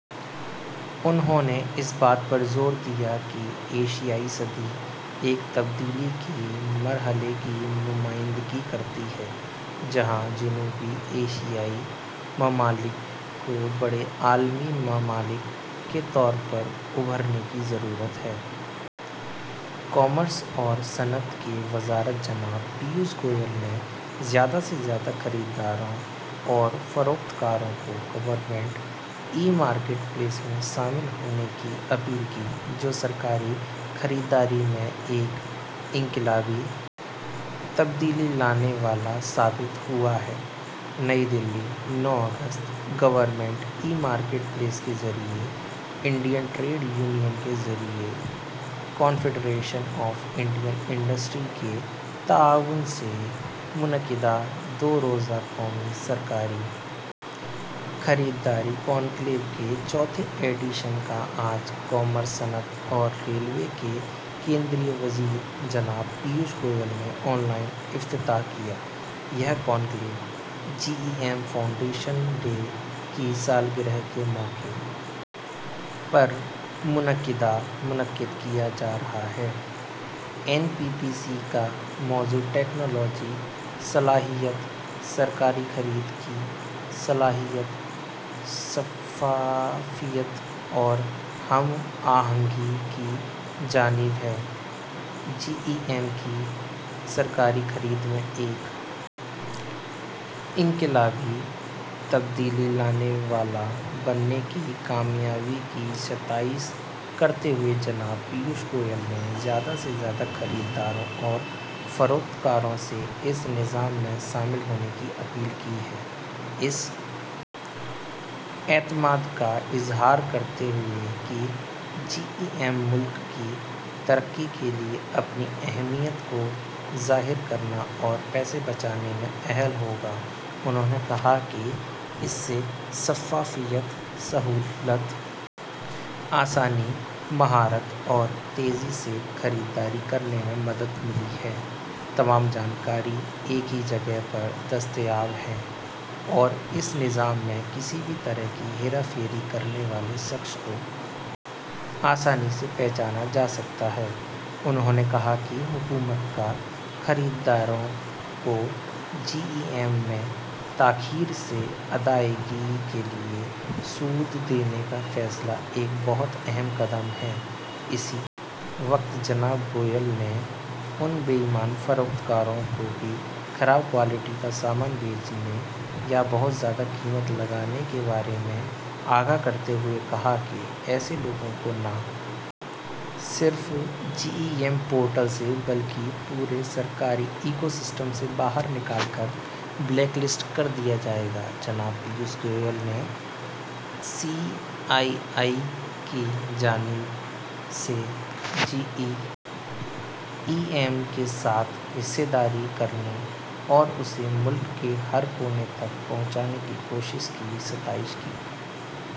انہوں نے اس بات پر زور دیا کہ ایشیائی صدی ایک تبدیلی کے مرحلے کی نمائندگی کرتی ہے جہاں جنوبی ایشیائی ممالک کو بڑے عالمی ممالک کے طور پر ابھرنے کی ضرورت ہے کامرس اور صنعت کی وزارت جناب پیوش گوئل نے زیادہ سے زیادہ خریداروں اور فروخت کاروں کو گورنمنٹ ای مارکیٹ پلیس میں شامل ہونے کی اپیل کی جو سرکاری خریداری میں ایک انقلابی تبدیلی لانے والا ثابت ہوا ہے نئی دہلی نو اگست گورنمنٹ ای مارکیٹ پلیس کے ذریعہ انڈین ٹریڈ یونین کے ذریعہ کانفیڈریشن آف انڈین انڈسٹری کے تعاون سے منعقدہ دو روزہ قومی سرکاری خریداری کانکلیو کے چوتھے ایڈیشن کا آج کامرس صنعت اور ریلوے کے مرکزی وزیر جناب پیوش گوئل نے آن لائن افتتاح کیا یہ conclave G E M foundation day کی سالگرہ کے موقع پر منعقد کیا جا رہا ہے این پی پی سی کا موضوع ٹکنالوجی صلاحیت سرکاری خرید صلاحیت اور شفافیت اور ہم آہنگی کی جانب ہے جی ای ایم کی سرکاری خرید میں ایک انقلابی تبدیلی لانے والا بننے کی کامیابی کی ستائش کرتے ہوئے جناب پیوش گوئل نے زیادہ سے زیادہ خریداروں اور فروخت کاروں سے اس نظام میں شامل ہونے کی اپیل کی ہے اس اعتماد کا اظہار کرتے ہوئے کہ جی ای ایم ملک کی ترقی کے لیے اپنی اہمیت کو ظاہر کرنے اور پیسہ بچانے میں اہل ہوگا انہوں نے کہا کہ اس سے شفافیت سہولت آسانی مہارت اور تیزی سے خریداری کرنے میں مدد ملی ہے تمام جانکاری ایک ہی جگہ پر دستیاب ہے اور اس نظام میں کسی بھی طرح کی ہیرا پھیری کرنے والے شخص کو آسانی سے پہچانا جا سکتا ہے انہوں نے کہا کہ حکومت کا خریداروں کو جی ای ایم میں تاخیر سے ادائیگی کے لیے سود دینے کا فیصلہ ایک بہت اہم قدم ہے اسی وقت جناب گوئل نے ان بے ایمان فروخت کاروں کو بھی خراب کوالٹی کے سامان بھیجنے یا بہت زیادہ قیمت لگانے کے بارے میں آگاہ کرتے ہوئے کہا کہ ایسے لوگوں کو نہ صرف جی ای ایم پورٹل سے بلکہ پورے سرکاری ایکو سسٹم سے باہر نکال کر بلیک لسٹ کر دیا جائے گا جناب پیوش گوئل نے سی آئی آئی کی جانب سے جی ای ایم کے ساتھ حصہ داری کرنے اور اسے ملک کے ہر کونے تک پہنچانے کی کوششوں کی ستائش کی